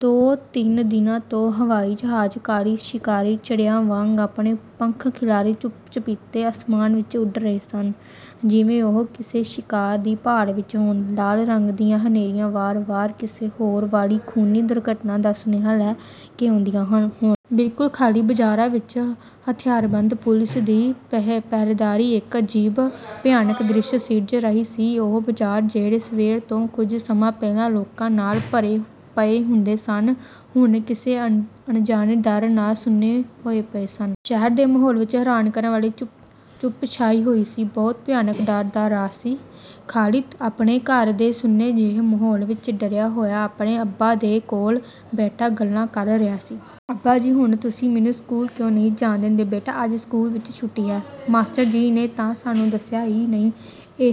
ਦੋ ਤਿੰਨ ਦਿਨਾਂ ਤੋਂ ਹਵਾਈ ਜਹਾਜ਼ ਕਾਲੀ ਸ਼ਿਕਾਰੀ ਚਿੜੀਆਂ ਵਾਂਗ ਆਪਣੇ ਪੰਖ ਖਿਲਾਰੀ ਚੁੱਪ ਚੁਪੀਤੇ ਆਸਮਾਨ ਵਿਚ ਉੱਡ ਰਹੇ ਸਨ ਜਿਵੇਂ ਉਹ ਕਿਸੇ ਸ਼ਿਕਾਰ ਦੀ ਭਾਲ ਵਿਚ ਹੋਣ। ਲਾਲ ਰੰਗ ਦੀਆਂ ਹਨੇਰੀਆਂ ਵਾਰ ਵਾਰ ਕਿਸੇ ਹੋਣ ਵਾਲੀ ਖ਼ੂਨੀ ਦੁਰਘਟਨਾ ਦਾ ਸੁਨੇਹਾ ਲੈ ਕੇ ਆਉਂਦੀਆਂ ਹੋਣ। ਬਿਲਕੁਲ ਖਾਲੀ ਬਾਜ਼ਾਰਾਂ ਵਿਚ ਹਥਿਆਰਬੰਦ ਪੁਲੀਸ ਦੀ ਪਹਿਰੇਦਾਰੀ ਇਕ ਅਜੀਬ ਭਿਆਨਕ ਦ੍ਰਿਸ਼ ਸਿਰਜ ਰਹੀ ਸੀ। ਉਹ ਬਾਜ਼ਾਰ ਜਿਹੜੇ ਸਵੇਰ ਤੋਂ ਕੁਝ ਸਮਾਂ ਪਹਿਲਾਂ ਲੋਕਾਂ ਨਾਲ ਭਰੇ ਪਏ ਹੁੰਦੇ ਸਨ ਹੁਣ ਕਿਸੇ ਅਣਜਾਣੇ ਡਰ ਨਾਲ ਸੁੰਨੇ ਹੋਏ ਪਏ ਸਨ। ਸ਼ਹਿਰ ਦੇ ਮਾਹੌਲ ਵਿਚ ਹੈਰਾਨ ਕਰਨ ਵਾਲੀ ਚੁੱਪ ਛਾਈ ਹੋਈ ਸੀ। ਬਹੁਤ ਭਿਆਨਕ ਡਰ ਦਾ ਰਾਜ ਸੀ। ਖ਼ਾਲਿਦ ਆਪਣੇ ਘਰ ਦੇ ਸੁੰਨੇ ਜਿਹੇ ਮਾਹੌਲ ਵਿਚ ਡਰਿਆ ਹੋਇਆ ਆਪਣੇ ਅੱਬਾ ਦੇ ਕੋਲ ਬੈਠਾ ਗੱਲਾਂ ਕਰ ਰਿਹਾ ਸੀ। ਅੱਬਾ ਜੀ ਹੁਣ ਤੁਸੀਂ ਮੈਨੂੰ ਸਕੂਲ ਕਿਉਂ ਨਹੀਂ ਜਾਣ ਦੇਂਦੇ? ਬੇਟਾ ਅੱਜ ਸਕੂਲ ਵਿਚ ਛੁੱਟੀ ਏ। ਮਾਸਟਰ ਜੀ ਨੇ ਤਾਂ ਸਾਨੂੰ ਦੱਸਿਆ ਈ ਨਹੀਂ।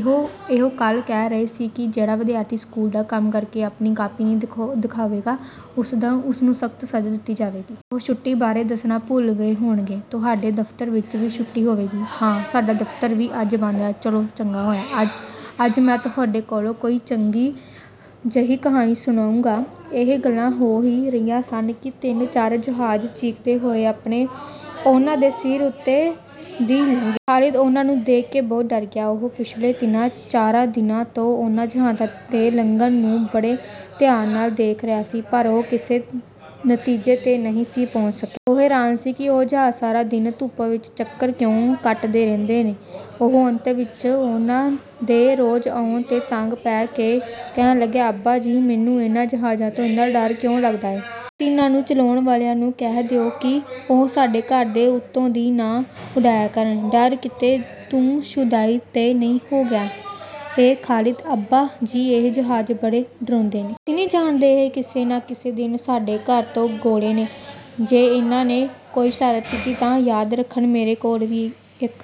ਉਹ ਕੱਲ੍ਹ ਕਹਿ ਰਹੇ ਸੀ ਕਿ ਜਿਹੜਾ ਵਿਦਿਆਰਥੀ ਸਕੂਲ ਦਾ ਕੰਮ ਕਰਕੇ ਆਪਣੀ ਕਾਪੀ ਨਹੀਂ ਦਿਖਾਵੇਗਾ ਓਸ ਨੂੰ ਸਖ਼ਤ ਸਜ਼ਾ ਦਿੱਤੀ ਜਾਵੇਗੀ। ਉਹ ਛੁੱਟੀ ਬਾਰੇ ਦੱਸਣਾ ਭੁੱਲ ਗਏ ਹੋਣਗੇ। ਤੁਹਾਡੇ ਦਫ਼ਤਰ ਵਿਚ ਵੀ ਛੁੱਟੀ ਹੋਵੇਗੀ? ਹਾਂ, ਸਾਡਾ ਦਫ਼ਤਰ ਵੀ ਅੱਜ ਬੰਦ ਏ। ਚਲੋ ਚੰਗਾ ਹੋਇਆ। ਅੱਜ ਮੈਂ ਤੁਹਾਡੇ ਕੋਲੋਂ ਕੋਈ ਚੰਗੀ ਜਿਹੀ ਕਹਾਣੀ ਸੁਣਾਂਗਾ। ਇਹ ਗੱਲਾਂ ਹੋ ਈ ਰਹੀਆਂ ਸਨ ਕਿ ਤਿੰਨ ਚਾਰ ਜਹਾਜ਼ ਚੀਕਦੇ ਹੋਏ ਉਨ੍ਹਾਂ ਦੇ ਸਿਰ ਦੇ ਉੱਤੋਂ ਦੀ ਲੰਘੇ। ਖ਼ਾਲਿਦ ਉਨ੍ਹਾਂ ਨੂੰ ਦੇਖ ਕੇ ਬਹੁਤ ਡਰ ਗਿਆ। ਉਹ ਪਿਛਲੇ ਤਿੰਨਾਂ ਚਾਰਾਂ ਦਿਨਾਂ ਤੋਂ ਉਨ੍ਹਾਂ ਜਹਾਜ਼ਾਂ ਦੇ ਲੰਘਣ ਨੂੰ ਬੜੇ ਧਿਆਨ ਨਾਲ ਦੇਖ ਰਿਹਾ ਸੀ ਪਰ ਉਹ ਕਿਸੇ ਨਤੀਜੇ ਤੇ ਨਹੀਂ ਸੀ ਪਹੁੰਚ ਸਕਿਆ। ਉਹ ਹੈਰਾਨ ਸੀ ਕਿ ਉਹ ਜਹਾਜ਼ ਸਾਰਾ ਦਿਨ ਧੁੱਪ ਵਿਚ ਚੱਕਰ ਕਿਉਂ ਕੱਟਦੇ ਰਹਿੰਦੇ ਨੇ? ਉਹ ਅੰਤ ਵਿਚ ਉਨ੍ਹਾਂ ਦੇ ਰੋਜ਼ ਆਉਣ ਤੋਂ ਤੰਗ ਪੈ ਕੇ ਕਹਿਣ ਲੱਗਿਆ ਅੱਬਾ ਜੀ ਮੈਨੂੰ ਇਨ੍ਹਾਂ ਜਹਾਜ਼ਾਂ ਤੋਂ ਏਨਾ ਡਰ ਕਿਉਂ ਲੱਗਦਾ ਏ? ਤੁਸੀਂ ਇਨ੍ਹਾਂ ਨੂੰ ਚਲਾਉਣ ਵਾਲਿਆਂ ਨੂੰ ਕਹਿ ਦਿਓ ਕਿ ਉਹ ਸਾਡੇ ਘਰ ਦੇ ਉੱਤੋਂ ਦੀ ਨਾ ਉੱਡਿਆ ਕਰਨ। ਡਰ ਕਿਤੇ ਤੂੰ ਸ਼ੁਦਾਈ ਤੇ ਨਹੀਂ ਹੋ ਗਿਆ ਏਂ ਖ਼ਾਲਿਦ? ਅੱਬਾ ਜੀ ਇਹ ਜਹਾਜ਼ ਬੜੇ ਡਰਾਉਂਦੇ ਨੇ। ਤੁਸੀਂ ਨਹੀਂ ਜਾਣਦੇ, ਇਹ ਕਿਸੇ ਨਾ ਕਿਸੇ ਦਿਨ ਸਾਡੇ ਘਰ ਤੇ ਗੋਲੇ ਨੇ। ਜੇ ਇਨ੍ਹਾਂ ਨੇ ਕੋਈ ਸ਼ਰਾਰਤ ਕੀਤੀ ਤਾਂ ਯਾਦ ਰੱਖਣ, ਮੇਰੇ ਕੋਲ ਵੀ ਇਕ